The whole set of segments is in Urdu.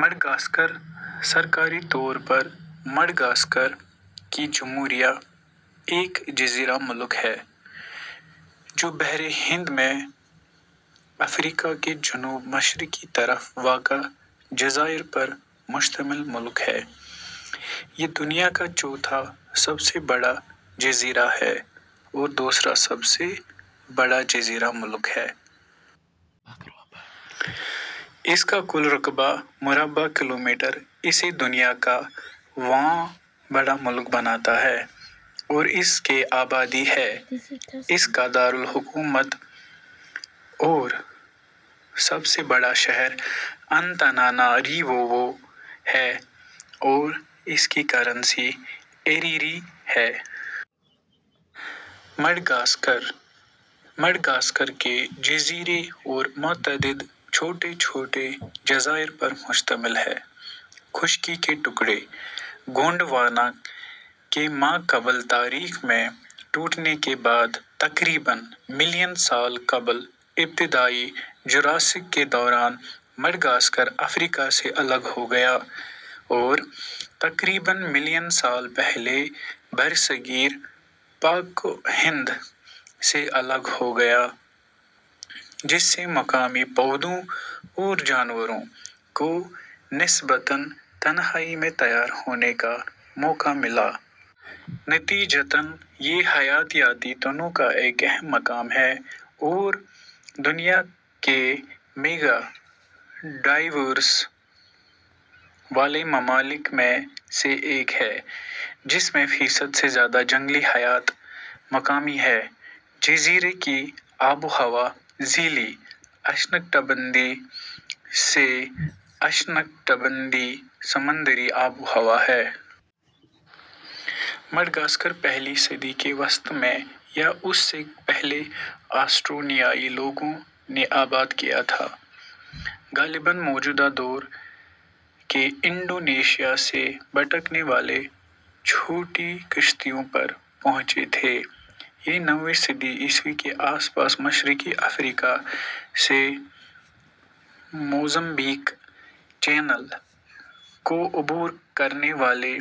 مڈغاسکر ،، سرکاری طور پر مڈغاسکر کی جمہوریہ، ایک جزیرہ ملک ہے جو بحر ہند میں افریقا کے جنوب مشرقی طرف واقع جزائر پر مشتمل ملک ہے۔ یہ دنیا کا چوتھا سب سے بڑا جزیرہ ہے اور دوسرا سب سے بڑا جزیرہ ملک ہے۔ اس کا کل رقبہ مربع کلومیٹر اسے دنیا کا واں بڑا ملک بناتا ہے۔ اور اس کے آبادی ہے ۔ اس کا دار الحکومت اور سب سے بڑا شہر انتاناناریوو ہے اور اس کی کرنسی ایریری ہے۔ مڈغاسکر، مڈغاسکر کے جزیرے اور متعدد چھوٹے چھوٹے جزائر پر مشتمل ہے۔ خشکی کے ٹکڑے، گونڈوانا کے ما قبل تاریخ میں ٹوٹنے کے بعد، تقریباً ملین سال قبل ابتدائی جراسک کے دوران مڈغاسکر افریقہ سے الگ ہو گیا اور تقریباً ملین سال پہلے برصغیر پاک و ہند سے الگ ہو گیا، جس سے مقامی پودوں اور جانوروں کو نسبتاً تنہائی میں تیار ہونے کا موقع ملا۔ نتیجتاً، یہ حیاتیاتی تنوع کا اہم مقام ہے اور دنیا کے میگا ڈائیورس والے ممالک میں سے ایک ہے، جس میں فیصد سے زیادہ جنگلی حیات مقامی ہیں۔ جزیرے کی آب و ہوا ذیلی اشنکٹبندیی سے اشنکٹبندیی سمندری آب و ہوا ہے۔ مڈغاسکر پہلی صدی کے وسط میں یا اس سے پہلے آسٹریونیائی لوگوں نے آباد کیا تھا، غالباً موجودہ دور کے انڈونیشیا سے بھٹکنے والے چھوٹی کشتیوں پر پہنچے تھے۔ یہ نویں صدی عیسوی کے آس پاس مشرقی افریقہ سے موزمبیق چینل کو عبور کرنے والے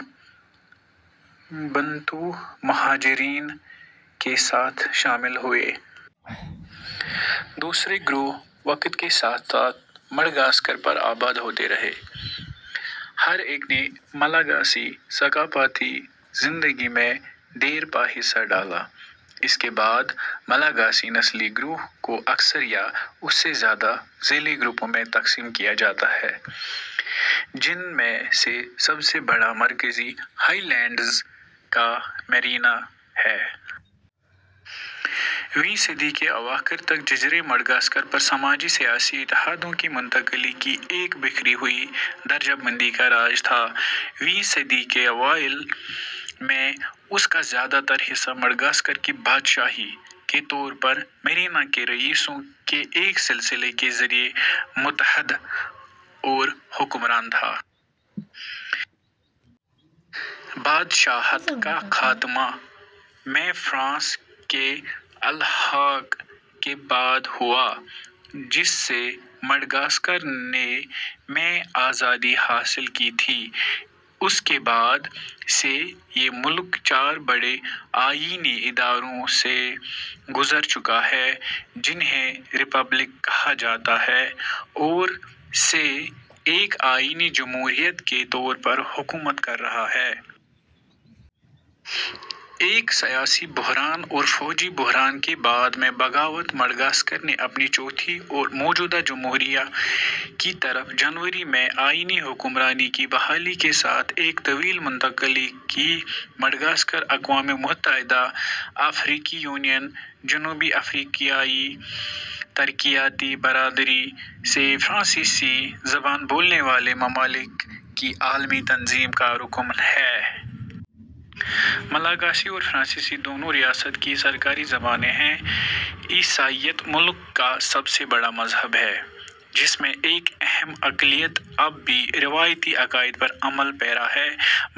بنتو مہاجرین کے ساتھ شامل ہوئے۔ دوسرے گروہ وقت کے ساتھ ساتھ مڈغاسکر پر آباد ہوتے رہے، ہر ایک نے ملاگاسی ثقافتی زندگی میں دیرپا حصہ ڈالا۔ اس کے بعد، ملاگاسی نسلی گروہ کو اکثر یا اس سے زیادہ ذیلی گروپوں میں تقسیم کیا جاتا ہے، جن میں سے سب سے بڑا مرکزی ہائی لینڈز کا مرینا ہے۔ ویں صدی کے اواخر تک، جزیرے مڈغاسکر پر سماجی سیاسی اتحادوں کی منتقلی کی ایک بکھری ہوئی درجہ بندی کا راج تھا۔ ویں صدی کے اوائل میں، اس کا زیادہ تر حصہ مڈغاسکر کی بادشاہی کے طور پر مرینا کے رئیسوں کے ایک سلسلے کے ذریعے متحد اور حکمران تھا۔ بادشاہت کا خاتمہ میں فرانس کے الحاق کے بعد ہوا، جس سے مڈغاسکر نے میں آزادی حاصل کی تھی۔ اس کے بعد سے یہ ملک چار بڑے آئینی ادوار سے گذر چکا ہے، جنھیں ریپبلک کہا جاتا ہے اور سے ایک آئینی جمہوریت کے طور پر حکومت کر رہا ہے۔ ایک سیاسی بحران اور فوجی بحران کے بعد میں بغاوت، مڈغاسکر نے اپنی چوتھی اور موجودہ جمہوریہ کی طرف، جنوری میں آئینی حکمرانی کی بحالی کے ساتھ، ایک طویل منتقلی کی مڈغاسکر اقوام متحدہ، افریقی یونین، جنوبی افریقیائی ترقیاتی برادری اور فرانسیسی زبان بولنے والے ممالک کی عالمی تنظیم کا رکن ہے۔ ملاگاسی اور فرانسیسی دونوں ریاست کی سرکاری زبانیں ہیں۔ عیسائیت ملک کا سب سے بڑا مذہب ہے، جس میں ایک اہم اقلیت اب بھی روایتی عقائد پر عمل پیرا ہے۔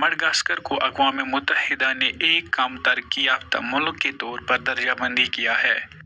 مڈغاسکر کو اقوام متحدہ نے ایک کم ترقی یافتہ ملک کے طور پر درجہ بندی کیا ہے۔